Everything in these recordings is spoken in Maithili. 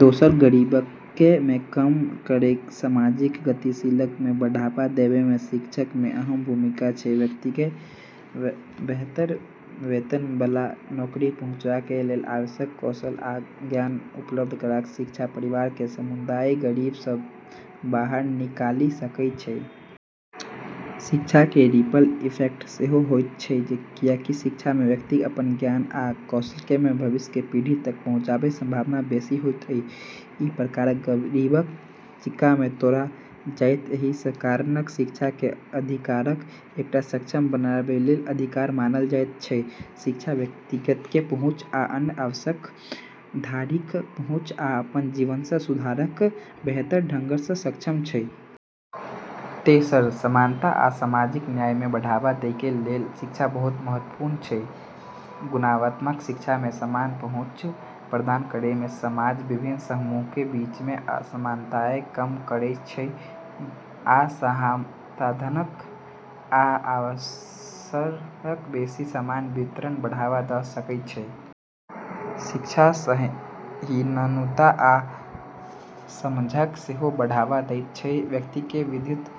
दोसर, गरीबीके कम करै आ सामाजिक गतिशीलताके बढ़ावा दैमे शिक्षाके अहम भूमिका छै। व्यक्तिके बेहतर वेतनबला नौकरीके पहुँचके लेल आवश्यक कौशल आ ज्ञान उपलब्ध कराके शिक्षा परिवार आ समुदायके गरीबी सँ बाहर निकालि सकै छै। शिक्षाके रिपल इफेक्ट सेहो होइत छै, कियाकि शिक्षित व्यक्तिके अपन ज्ञान आ कौशलके भविष्यके पीढ़ि तक पहुँचेबाके संभावना बेशी होइत छै, अइ प्रकार गरीबीके चक्रके तोड़ल जाइत छै। एही कारणसँ शिक्षाके अधिकारके एकटा सक्षम बनबैबला अधिकार मानल जाइत छै शिक्षा, व्यक्तिके पहुँच सँ अन्य आवश्यक अधिकारके पहुँच आ अपन जीवनमे सुधारके बेहतर ढङ्गसँ सक्षम छै। तेसर, समानता आ सामाजिक न्यायके बढ़ावा दैके लेल शिक्षा बहुत महत्वपूर्ण छै। गुणवत्तापूर्ण शिक्षाके समान पहुँच प्रदान करैत समाजक विभिन्न समूहके बीच असमानताके कम करि सकै छै, आ संसाधनक आ अवसरक बेशी समान वितरणके बढ़ावा द' सकै छै। शिक्षा सहिष्णुता आ समझके सेहो बढ़ावा दैत छै, व्यक्तिके विविध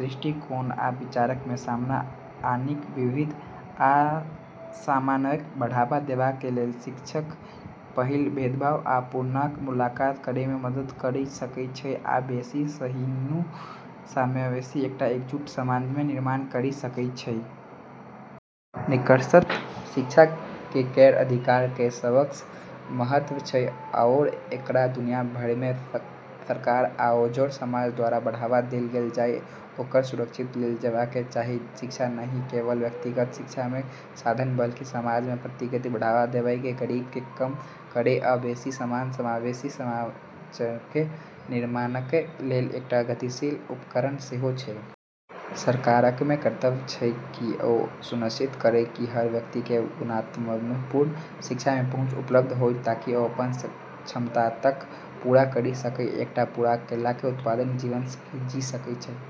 दृष्टिकोण आ विचारके सामने आनिकेँ । वैविध्य आ समावेशके बढ़ावा दैबैबला शैक्षिक पहल भेदभाव आ पूर्वाग्रहके मुकाबला करैमे मदद करि सकै छै, आ बेशी सहिष्णु, समावेशी आ एकजुट समाजके निर्माण करि सकै छै। निष्कर्षतः शिक्षा केर अधिकार केर सबसँ महत्व छै, आओर एकरा दुनिया भरिमे सरकार आओर समाज द्वारा बढ़ावा देल जाइ आओर सुरक्षित करल जेबाके चाही। शिक्षा नहि केवल व्यक्तिगत सशक्तिकरणके साधन छै बल्कि सामाजिक प्रगतिके बढ़ावा देबै, गरीबीके कम करै, आ बेशी समान आ समावेशी समाजके निर्माणके लेल एकटा शक्तिशाली उपकरण सेहो छै। सरकारके कर्तव्य छै कि ओ ई सुनिश्चित करै कि हर व्यक्तिके गुणवत्तापूर्ण शिक्षाके पहुँच उपलब्ध होइ, ताकि ओ अपन क्षमताके पूरा करि सकै आ एकटा पूरा करैबला, उत्पादक जीवन जी सकै ।